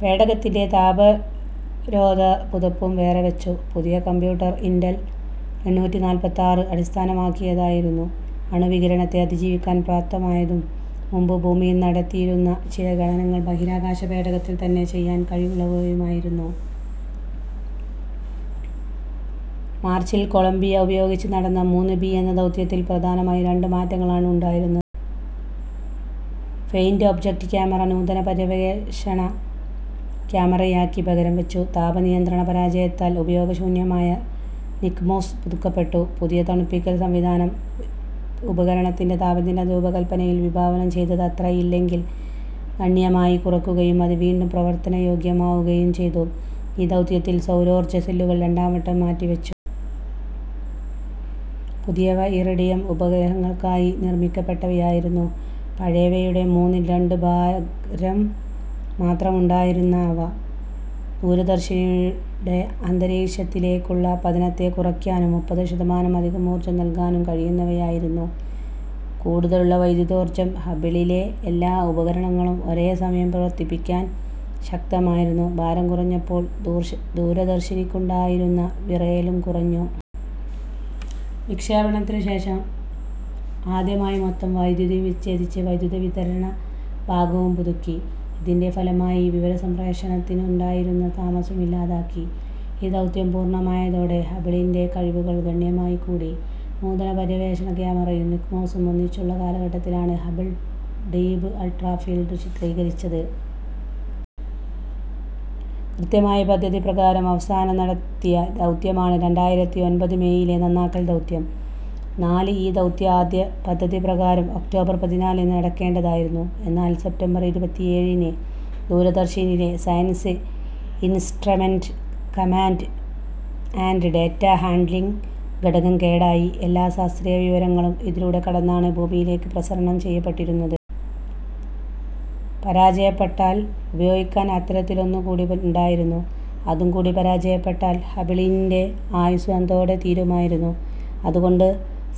പേടകത്തിൻ്റെ താപരോധ പുതപ്പും വേറെ വെച്ചു. പുതിയ കമ്പ്യൂട്ടർ ഇന്റൽ എണ്ണൂറ്റി നാൽപ്പത്താറ് അടിസ്ഥാനമാക്കിയതായിരുന്നു. അണുവികിരണത്തെ അതിജീവിക്കാൻ പ്രാപ്തമായതും മുമ്പ് ഭൂമിയിൽ നടത്തിയിരുന്ന ചില ഗണനങ്ങൾ ബഹിരാകാശ പേടകത്തിൽ തന്നെ ചെയ്യാൻ കഴിവുള്ളതുമായിരുന്നു. മാർച്ചിൽ കൊളംബിയ ഉപയോഗിച്ച് നടന്ന മൂന്ന് ബി എന്ന ദൗത്യത്തിൽ പ്രധാനമായും രണ്ട് മാറ്റങ്ങളാണ് ഉണ്ടായിരുന്നത്. ഫെയിൻ്റ് ഒബ്ജക്റ്റ് ക്യാമറ നൂതന പര്യവേക്ഷണ ക്യാമറയാക്കി പകരംവെച്ചു. താപ നിയന്ത്രണ പരാജയത്താൽ ഉപയോഗശൂന്യമായ നിക്മോസ് പുതുക്കപ്പെട്ടു. പുതിയ തണുപ്പിക്കൽ സംവിധാനം ഉപകരണത്തിൻ്റെ താപനില രൂപകല്പനയിൽ വിഭാവനം ചെയ്തത്രയില്ലെങ്കിൽ ഗണ്യമായി കുറയ്ക്കുകയും അത് വീണ്ടും പ്രവർത്തനയോഗ്യമാവുകയും ചെയ്തു. ഈ ദൗത്യത്തിൽ സൗരോർജ്ജ സെല്ലുകൾ രണ്ടാം വട്ടം മാറ്റിവെച്ചു. പുതിയവ ഇറിഡിയം ഉപഗ്രഹങ്ങൾക്കായി നിർമ്മിക്കപ്പെട്ടവയായിരുന്നു. പഴയവയുടെ മൂന്നിൽ രണ്ട് ഭാരം മാത്രമുണ്ടായിരുന്ന അവ, ദൂരദർശിനിയുടെ അന്തരീക്ഷത്തിലേക്കുള്ള പതനത്തെ കുറയ്ക്കാനും മുപ്പത് ശതമാനം അധികം ഊർജ്ജം നൽകാനും കഴിയുന്നവയായിരുന്നു. കൂടുതലുള്ള വൈദ്യുതോർജ്ജം ഹബിളിലെ എല്ലാ ഉപകരണങ്ങളും ഒരേ സമയം പ്രവർത്തിപ്പിക്കാൻ ശക്തമായിരുന്നു. ഭാരം കുറഞ്ഞപ്പോൾ ദൂരദർശിനിക്കുണ്ടായിരുന്ന വിറയലും കുറഞ്ഞു. വിക്ഷേപണത്തിനു ശേഷം ആദ്യമായി മൊത്തം വൈദ്യുതിയും വിച്ഛേദിച്ച് വൈദ്യുത വിതരണ ഭാഗവും പുതുക്കി. ഇതിൻ്റെ ഫലമായി വിവരസംപ്രേഷണത്തിനുണ്ടായിരുന്ന താമസം ഇല്ലാതാക്കി. ഈ ദൗത്യം പൂർണ്ണമായതോടെ ഹബിളിൻ്റെ കഴിവുകൾ ഗണ്യമായി കൂടി. നൂതന പര്യവേക്ഷണ ക്യാമറയും നിക്മോസും ഒന്നിച്ചുള്ള കാലഘട്ടത്തിലാണ് ഹബിൾ ഡീപ് അൾട്രാ ഫീൽഡ് ചിത്രീകരിച്ചത്. കൃത്യമായ പദ്ധതി പ്രകാരം അവസാനം നടത്തിയ ദൗത്യമാണ് രണ്ടായിരത്തി ഒൻപത് മേയിലെ നന്നാക്കൽ ദൗത്യം നാല്. ഈ ദൗത്യം ആദ്യ പദ്ധതിപ്രകാരം ഒക്ടോബർ പതിനാലിന് നടക്കേണ്ടതായിരുന്നു. എന്നാൽ സെപ്റ്റംബർ ഇരുപത്തേഴിന് ദൂരദർശിനിയിലെ science instrument command and data handling ഘടകം കേടായി. എല്ലാ ശാസ്ത്രീയ വിവരങ്ങളും ഇതിലൂടെ കടന്നാണ് ഭൂമിയിലേക്ക് പ്രസരണം ചെയ്യപ്പെട്ടിരുന്നത്. പരാജയപ്പെട്ടാൽ ഉപയോഗിക്കാൻ അത്തരത്തിലൊന്നു കൂടി ഉണ്ടായിരുന്നു. അതും കൂടി പരാജയപ്പെട്ടാൽ ഹബിളിൻ്റെ ആയുസ്സ് അതോടെ തീരുമായിരുന്നു. അതുകൊണ്ട്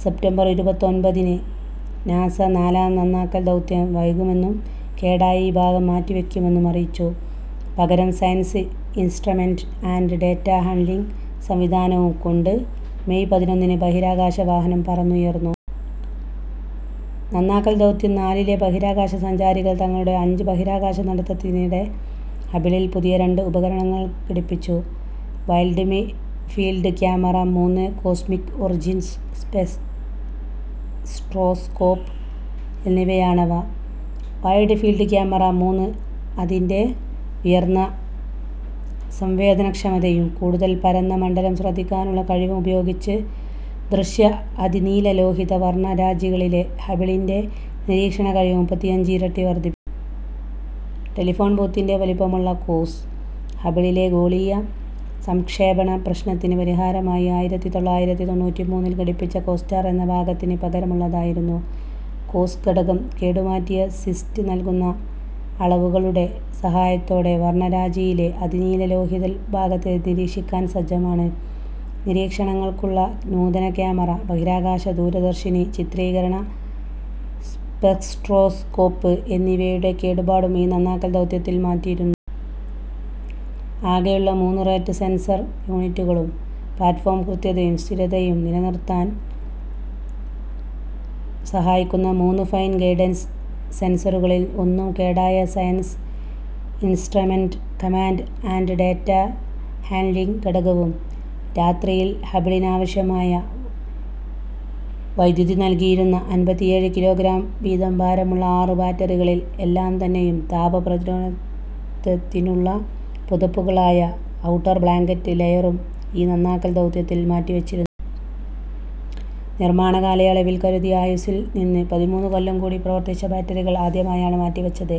സെപ്റ്റംബർ ഇരുപത്തൊൻപതിന് നാസ നാലാം നന്നാക്കൽ ദൗത്യം വൈകുമെന്നും കേടായ ഈ ഭാഗം മാറ്റിവെയ്ക്കുമെന്നും അറിയിച്ചു. പകരം science instrument and data handling സംവിധാനവും കൊണ്ട് മേയ് പതിനൊന്നിന് ബഹിരാകാശ വാഹനം പറന്നുയർന്നു. നന്നാക്കൽ ദൗത്യം നാലിലെ ബഹിരാകാശ സഞ്ചാരികൾ തങ്ങളുടെ അഞ്ച് ബഹിരാകാശ നടത്തത്തിനിടെ ഹബിളിൽ പുതിയ രണ്ട് ഉപകരണങ്ങൾ ഘടിപ്പിച്ചു. വൈഡ് ഫീൽഡ് ക്യാമറ മൂന്ന്, കോസ്മിക് ഒറിജിൻസ് സ്പെക്ട്രോസ്കോപ്പ് എന്നിവയാണവ. വൈഡ് ഫീൽഡ് ക്യാമറ മൂന്ന് അതിൻ്റെ ഉയർന്ന സംവേദനക്ഷമതയും കൂടുതൽ പരന്ന മണ്ഡലം ശ്രദ്ധിക്കാനുള്ള കഴിവും ഉപയോഗിച്ച്, ദൃശ്യ അതിനീലലോഹിത വർണ്ണരാജികളിലെ ഹബിളിൻ്റെ നിരീക്ഷണ കഴിവ് മുപ്പത്തിയഞ്ച് ഇരട്ടി വർദ്ധി. ടെലിഫോൺ ബൂത്തിൻ്റെ വലിപ്പമുള്ള കോസ്, ഹബിളിൻ്റെ ഗോളീയ സംക്ഷേപണ പ്രശ്നത്തിന് പരിഹാരമായി ആയിരത്തി തൊള്ളായിരത്തി തൊണ്ണൂറ്റിമൂന്നിൽ ഘടിപ്പിച്ച കോസ്റ്റാർ എന്ന ഭാഗത്തിന് പകരമുള്ളതായിരുന്നു. കോസ് ഘടകം, കേടുമാറ്റിയ സിസ്റ്റ് നൽകുന്ന അളവുകളുടെ സഹായത്തോടെ വർണ്ണരാജിയിലെ അതിനീലലോഹിത ഭാഗത്തെ നിരീക്ഷിക്കാൻ സജ്ജമാണ്. നിരീക്ഷണങ്ങൾക്കുള്ള നൂതന ക്യാമറ, ബഹിരാകാശ ദൂരദർശിനി ചിത്രീകരണ സ്പെക്ട്രോസ്കോപ്പ് എന്നിവയുടെ കേടുപാടും ഈ നന്നാക്കൽ ദൗത്യത്തിൽ മാറ്റിയിരുന്നു. ആകെയുള്ള മൂന്ന് റേറ്റ് സെൻസർ യൂണിറ്റുകളും, പ്ലാറ്റ്ഫോം കൃത്യതയും സ്ഥിരതയും നിലനിർത്താൻ സഹായിക്കുന്ന മൂന്ന് ഫൈൻ ഗൈഡൻസ് സെൻസറുകളിൽ ഒന്നും, കേടായ science instrument command and data handling ഘടകവും, രാത്രിയിൽ ഹബിളിനാവശ്യമായ വൈദ്യുതി നൽകിയിരുന്ന അൻപത്തിയേഴ് കിലോഗ്രാം വീതം ഭാരമുള്ള ആറ് ബാറ്ററികളിൽ എല്ലാം തന്നെയും, താപ പ്രതിരോധത്തിനുള്ള പുതപ്പുകളായ ഔട്ടർ ബ്ലാങ്കറ്റ് ലെയറും ഈ നന്നാക്കൽ ദൗത്യത്തിൽ മാറ്റിവെച്ചിരു. നിർമ്മാണ കാലയളവിൽ കരുതിയ ആയുസ്സിൽ നിന്നും പതിമൂന്ന് കൊല്ലം കൂടി പ്രവർത്തിച്ച ബാറ്ററികൾ ആദ്യമായാണ് മാറ്റിവെച്ചത്.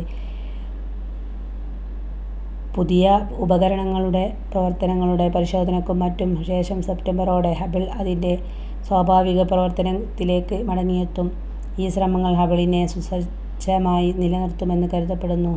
പുതിയ ഉപകരണങ്ങളുടെ പ്രവർത്തനങ്ങളുടെ പരിശോധനയ്ക്കും മറ്റും ശേഷം സെപ്റ്റംബറോടെ ഹബിൾ അതിൻ്റെ സ്വാഭാവിക പ്രവർത്തനത്തിലേക്ക് മടങ്ങിയെത്തും. ഈ ശ്രമങ്ങൾ ഹബിളിനെ സുസജ്ജമായി നിലനിർത്തുമെന്ന് കരുതപ്പെടുന്നു.